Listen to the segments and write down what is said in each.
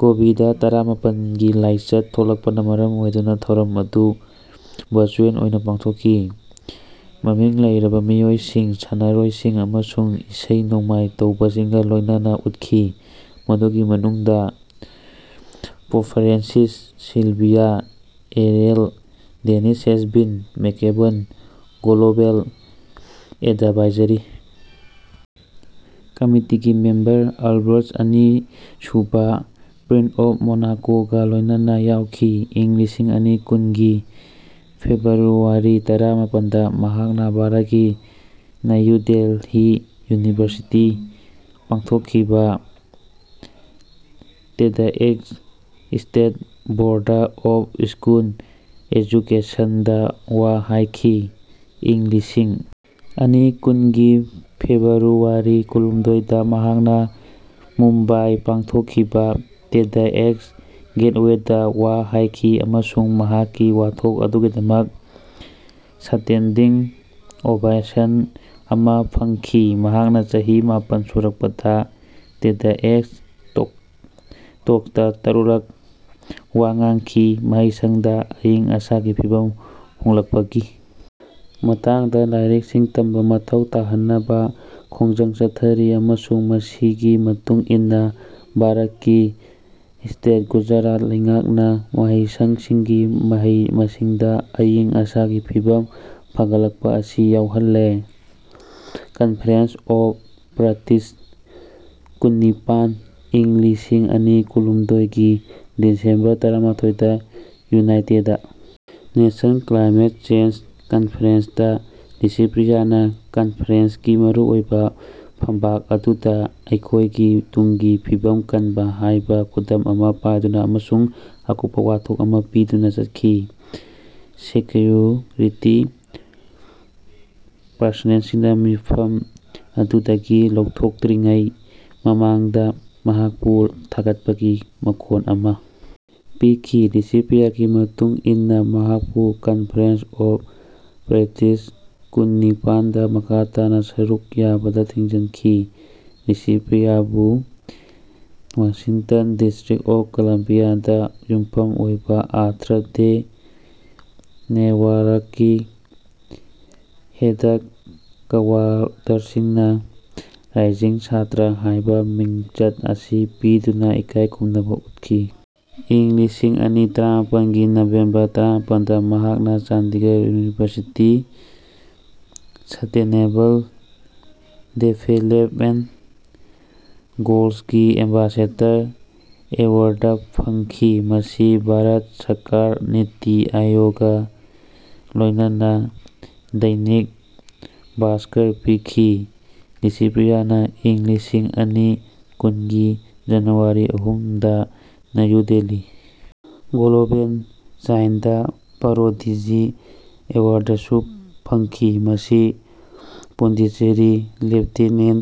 COVID- ꯇꯔꯥ ꯃꯥꯄꯜꯒꯤ ꯂꯥꯏꯆꯠ ꯊꯣꯛꯂꯛꯄꯅ ꯃꯔꯝ ꯑꯣꯏꯗꯨꯅ ꯊꯧꯔꯝ ꯑꯗꯨ ꯚꯔꯆꯨꯑꯦꯜ ꯑꯣꯏꯅ ꯄꯥꯡꯊꯣꯛꯈꯤ꯫ ꯃꯃꯤꯡ ꯂꯩꯔꯕ ꯃꯤꯑꯣꯏꯁꯤꯡ, ꯁꯥꯟꯅꯔꯣꯏꯁꯤꯡ ꯑꯃꯁꯨꯡ ꯏꯁꯩ-ꯅꯣꯡꯃꯥꯏ ꯇꯧꯕꯁꯤꯡꯒ ꯂꯣꯏꯅꯅ ꯎꯠꯈꯤ, ꯃꯗꯨꯒꯤ ꯃꯅꯨꯡꯗ Pope Francis, Sylvia Earle, Dennis Hayes, Bill McKibben, global advisory ꯀꯝꯃꯤꯇꯤꯒꯤ ꯃꯦꯝꯕꯔ ꯑꯜꯕꯔꯠ ꯑꯅꯤ ꯁꯨꯕ (ꯄ꯭ꯔꯤꯟꯁ ꯑꯣꯐ ꯃꯣꯅꯥꯀꯣ)ꯒꯥ ꯂꯣꯏꯅꯅ ꯌꯥꯎꯈꯤ꯫ꯏꯪ ꯂꯤꯁꯤꯡ ꯑꯅꯤ ꯀꯨꯟꯒꯤ ꯐꯦꯕ꯭ꯔꯨꯋꯥꯔꯤ ꯇꯔꯥ ꯃꯥꯄꯜꯗ ꯃꯍꯥꯛꯅ ꯚꯥꯔꯠꯀꯤ ꯅ꯭ꯌꯨ ꯗꯦꯜꯍꯤ ꯌꯨꯅꯤꯚꯔꯁꯤꯇꯤ ꯄꯥꯡꯊꯣꯛꯈꯤꯕ TEDx state board of school education ꯗ ꯋꯥ ꯍꯥꯏꯈꯤ꯫ ꯏꯪ ꯂꯤꯁꯤꯡ ꯑꯅꯤ ꯀꯨꯟꯒꯤ ꯐꯦꯕ꯭ꯔꯨꯋꯥꯔꯤ ꯀꯨꯟꯍꯨꯝꯗꯣꯏꯗ ꯃꯍꯥꯛꯅ ꯃꯨꯝꯕꯥꯏ ꯄꯥꯡꯊꯣꯛꯈꯤꯕ ꯇꯦꯗ꯭ꯑꯦꯛꯁ ꯒꯦꯠꯋꯦꯗ ꯋꯥ ꯍꯥꯏꯈꯤ ꯑꯃꯁꯨꯡ ꯃꯍꯥꯛꯀꯤ ꯋꯥꯊꯣꯛ ꯑꯗꯨꯒꯤꯗꯃꯛ ꯁ꯭ꯇꯦꯟꯗꯤꯡ ꯑꯣꯚꯦꯁꯟ ꯑꯃꯥ ꯐꯪꯈꯤ꯫ ꯃꯍꯥꯛꯅ ꯆꯍꯤ ꯃꯥꯄꯜ ꯁꯨꯔꯛꯄꯗ ꯇꯦꯗ꯭ꯑꯦꯛꯁ ꯇꯣꯛꯁꯇꯥ ꯇꯔꯨꯛꯔꯛ ꯋꯥ ꯉꯥꯡꯈꯤ꯫ ꯃꯍꯩꯁꯪꯁꯤꯡꯗ ꯑꯏꯪ ꯑꯁꯥꯒꯤ ꯐꯤꯚꯝ ꯍꯣꯡꯂꯛꯄꯒꯤ ꯃꯇꯥꯡꯗ ꯂꯥꯏꯔꯤꯛꯁꯤꯡ ꯇꯝꯕ ꯃꯊꯧ ꯇꯥꯍꯟꯅꯕ ꯈꯣꯡꯖꯪ ꯆꯠꯊꯔꯤ, ꯑꯃꯁꯨꯡ ꯃꯁꯤꯒꯤ ꯃꯇꯨꯡ ꯏꯟꯅ ꯚꯥꯔꯠꯀꯤ ꯁ꯭ꯇꯦꯠ ꯒꯨꯖꯔꯥꯠ ꯂꯩꯉꯥꯛꯅ ꯃꯍꯩꯁꯪꯒꯤ ꯃꯍꯩ-ꯃꯁꯤꯡꯗ ꯑꯏꯪ-ꯑꯁꯥꯒꯤ ꯐꯤꯚꯝ ꯐꯒꯠꯂꯛꯄ ꯑꯁꯤ ꯌꯥꯎꯍꯜꯂꯦ꯫ 'ꯀꯟꯐꯔꯦꯟꯁ ꯑꯣꯐ ꯄꯥꯔꯇꯤꯁ ꯀꯨꯟꯅꯤꯄꯥꯟ, ꯏꯪ ꯂꯤꯁꯤꯡ ꯑꯅꯤ ꯀꯨꯟꯍꯨꯝꯗꯣꯏꯒꯤ ꯗꯤꯁꯦꯝꯕꯔ ꯇꯔꯥꯃꯊꯣꯏꯗ, ꯌꯨꯅꯥꯏꯇꯦꯗ ꯅꯦꯁꯟꯁ ꯀ꯭ꯂꯥꯏꯃꯦꯠ ꯆꯦꯟꯖ ꯀꯟꯐꯔꯦꯟꯁꯇ ꯂꯤꯁꯤꯄ꯭ꯔꯤꯌꯥꯅ ꯀꯟꯐꯔꯦꯟꯁꯀꯤ ꯃꯔꯨꯑꯣꯏꯕ ꯐꯝꯕꯥꯛ ꯑꯗꯨꯗ ꯑꯩꯈꯣꯏꯒꯤ ꯇꯨꯡꯒꯤ ꯐꯤꯕꯝ ꯀꯟꯕ ꯍꯥꯏꯕ ꯈꯨꯗꯝ ꯑꯃ ꯄꯥꯏꯗꯨꯅ ꯑꯃꯁꯨꯡ ꯑꯀꯨꯞꯄ ꯋꯥꯊꯣꯛ ꯑꯃ ꯄꯤꯗꯨꯅ ꯆꯠꯈꯤ꯫ ꯁꯦꯀ꯭ꯌꯨꯔꯤꯇꯤ ꯄꯔꯁꯅꯦꯜꯁꯤꯡꯅ ꯃꯤꯐꯝ ꯑꯗꯨꯗꯒꯤ ꯂꯧꯊꯣꯛꯇ꯭ꯔꯤꯉꯩ ꯃꯃꯥꯡꯗ ꯃꯍꯥꯛꯄꯨ ꯊꯥꯒꯠꯄꯒꯤ ꯃꯈꯣꯜ ꯑꯃ ꯄꯤꯈꯤ꯫ ꯂꯤꯁꯤꯄ꯭ꯔꯤꯌꯥꯒꯤ ꯃꯇꯨꯡ ꯏꯟꯅ ꯃꯍꯥꯛꯄꯨ ꯀꯟꯐꯔꯦꯟꯁ ꯑꯣꯐ ꯄꯥꯔꯇꯤꯁ ꯀꯨꯟꯅꯤꯄꯥꯟꯗ ꯃꯈꯥ ꯇꯥꯅ ꯁꯔꯨꯛ ꯌꯥꯕꯗ ꯊꯤꯡꯖꯤꯟꯈꯤ꯫ꯂꯤꯁꯤꯄ꯭ꯔꯤꯌꯥꯕꯨ ꯋꯥꯁꯤꯡꯇꯟ, ꯗꯤꯁꯇ꯭ꯔꯤꯛ ꯑꯣꯐ ꯀꯂꯝꯕꯤꯌꯥ ꯗ ꯌꯨꯝꯐꯝ ꯑꯣꯏꯕ ꯑꯔꯊ ꯗꯦ ꯅꯦꯠꯋꯥꯔꯛꯀꯤ ꯍꯦꯗꯀ꯭ꯋꯥꯇꯔꯁꯤꯡꯅ ꯔꯥꯏꯖꯤꯡ ꯁ꯭ꯇꯥꯔ ꯍꯥꯏꯕ ꯃꯤꯡꯆꯠ ꯑꯁꯤ ꯄꯤꯗꯨꯅ ꯏꯀꯥꯏ ꯈꯨꯝꯅꯕ ꯎꯠꯈꯤ꯫ ꯏꯪ ꯂꯤꯁꯤꯡ ꯑꯅꯤ ꯇꯔꯥꯃꯥꯄꯜꯒꯤ ꯅꯚꯦꯝꯕꯔ ꯇꯔꯥꯃꯥꯄꯜꯗ, ꯃꯍꯥꯛꯅ ꯆꯟꯗꯤꯒꯔ ꯌꯨꯅꯤꯚꯔꯁꯤꯇꯤ ꯁꯁꯇꯦꯅꯦꯕꯜ ꯗꯦꯚꯦꯂꯞꯃꯦꯟꯠ ꯒꯣꯜꯁꯒꯤ ꯑꯦꯝꯕꯦꯁꯦꯗꯔ ꯑꯦꯋꯥꯔ꯭ꯗ ꯐꯪꯈꯤ ꯃꯁꯤ ꯚꯥꯔꯠ ꯁꯔꯀꯥꯔ ꯅꯤꯇꯤ ꯑꯥꯌꯣꯒ ꯂꯣꯏꯅꯅꯥ ꯗꯩꯅꯤꯛ ꯚꯥꯁꯀꯔ ꯄꯤꯈꯤ꯫ ꯂꯤꯁꯤꯄ꯭ꯔꯤꯌꯥꯅ ꯏꯪ ꯂꯤꯁꯤꯡ ꯑꯅꯤ ꯀꯨꯟꯒꯤ ꯖꯅꯨꯋꯥꯔꯤ ꯑꯍꯨꯝꯗ New Delhi global child prodigy award ꯁꯨ ꯐꯪꯈꯤ, ꯃꯁꯤ ꯄꯣꯟꯗꯤꯆꯦꯔꯤ ꯂꯦꯐꯇꯦꯅꯦꯟꯠ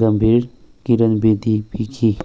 ꯒꯕꯔꯅꯔ ꯀꯤꯔꯟ ꯕꯦꯗꯤ ꯄꯤꯈꯤ꯫